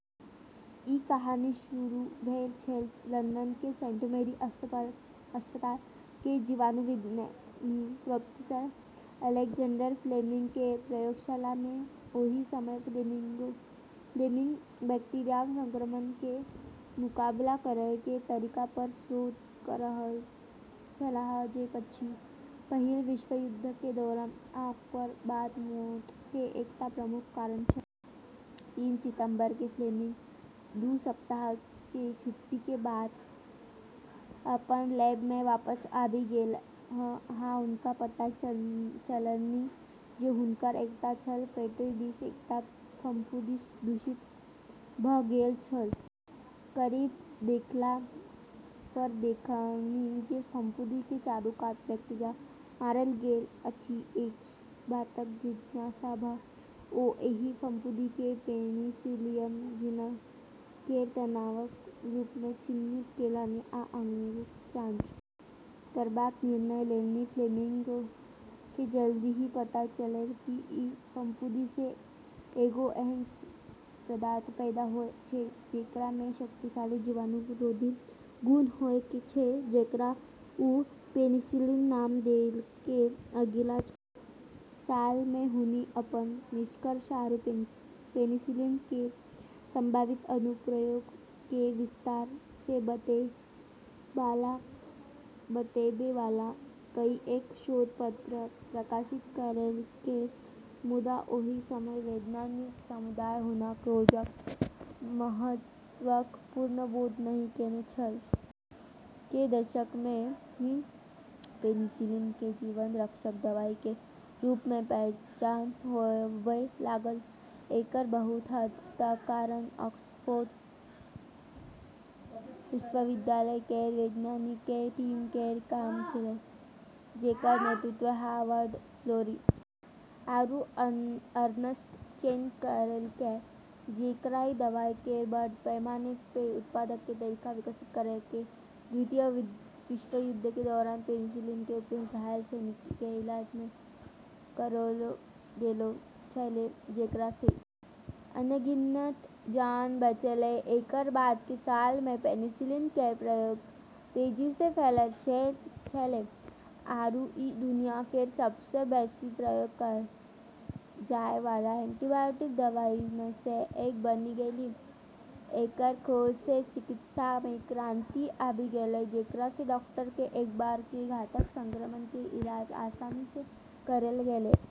ई कहानी शुरू भेल छल लंदन के सेंट मैरी अस्पताल के जीवाणुविज्ञानी प्रोफेसर अलेक्जेंडर फ्लेमिंग के प्रयोगशाला में, ओहि समय फ्लेमिंग बैक्टीरिया संक्रमण के मुकाबला करय के तरीका पर शोध क रहल छलाह जे पहिल विश्वयुद्ध के दौरान आ ओकर बाद मौत के एकटा प्रमुख कारण छल। तीन सितंबर के फ्लेमिंग दू सप्ताह के छुट्टी के बाद अपन लैब में वापस आबि गेलाह आ हुनका पता चललनि जे हुनकर एकटा छल पेट्री डिश एकटा फफूंदी स दूषित भ गेल छल, करीब स देखला पर देखलनि जे फफूंदी के चारू कात बैक्टीरिया मारल गेल अछि, एहि बातक जिज्ञासा भ ओ एहि फफूंदी केँ पेनिसिलियम जीनस केर तनावक रूप मे चिन्हित केलनि आ आगूक जांच करबाक निर्णय लेलनि, फ्लेमिंग के जल्दी ही पता चललै कि ई फफूंदी से एगो ऐन्हऽ पदार्थ पैदा होय छै जेकरा मे शक्तिशाली जीवाणुरोधी गुण होय छै जेकरा वू पेनिसिलिन नाम देलकै, अगिला कुछ सालऽ मे हुनी अपनऽ निष्कर्ष आरू पेनिसिलिन केरऽ संभावित अनुप्रयोग के विस्तार से बतैबै वाला कईएक शोध पत्र प्रकाशित करलकै मुदा ओहि समय वैज्ञानिक समुदाय हुनक खोजक महत्वक पूर्ण बोध नहि केने छल, के दशक में ही पेनिसिलिन के जीवन रक्षक दवाई के रूप में पहचान होबय लागल, एकरऽ बहुत हद तक कारण ऑक्सफोर्ड विश्वविद्यालय केरऽ वैज्ञानिकऽ के टीम केरऽ काम छेलै जेकरऽ नेतृत्व हावर्ड फ्लोरी आरू अर्नस्ट चेन करलकै जेकरा ई दवाई केरऽ बड़ पैमाने पे उत्पादन के तरीका विकसित करलकै, द्वितीय विश्वयुद्ध के दौरान पेनिसिलिन के उपयोग घायल सैनिक के इलाज में करलौ गेलौ छेलै जेकरा से अनगिनत जान बचलै, एकरऽ बाद के सालऽ मे पेनिसिलिन केरऽ प्रयोग तेजी से फैललऽ छेलै आरू ई दुनिया केरऽ सबसे बेसी प्रयोग करलऽ जाय वाला एंटीबायोटिक दवाई मे से एक बनी गेलै, एकरऽ खोज से चिकित्सा मे क्रांति आबी गेलै जेकरा से डॉक्टर के एक बार के घातक संक्रमण के इलाज आसानी से करलऽ गेलै।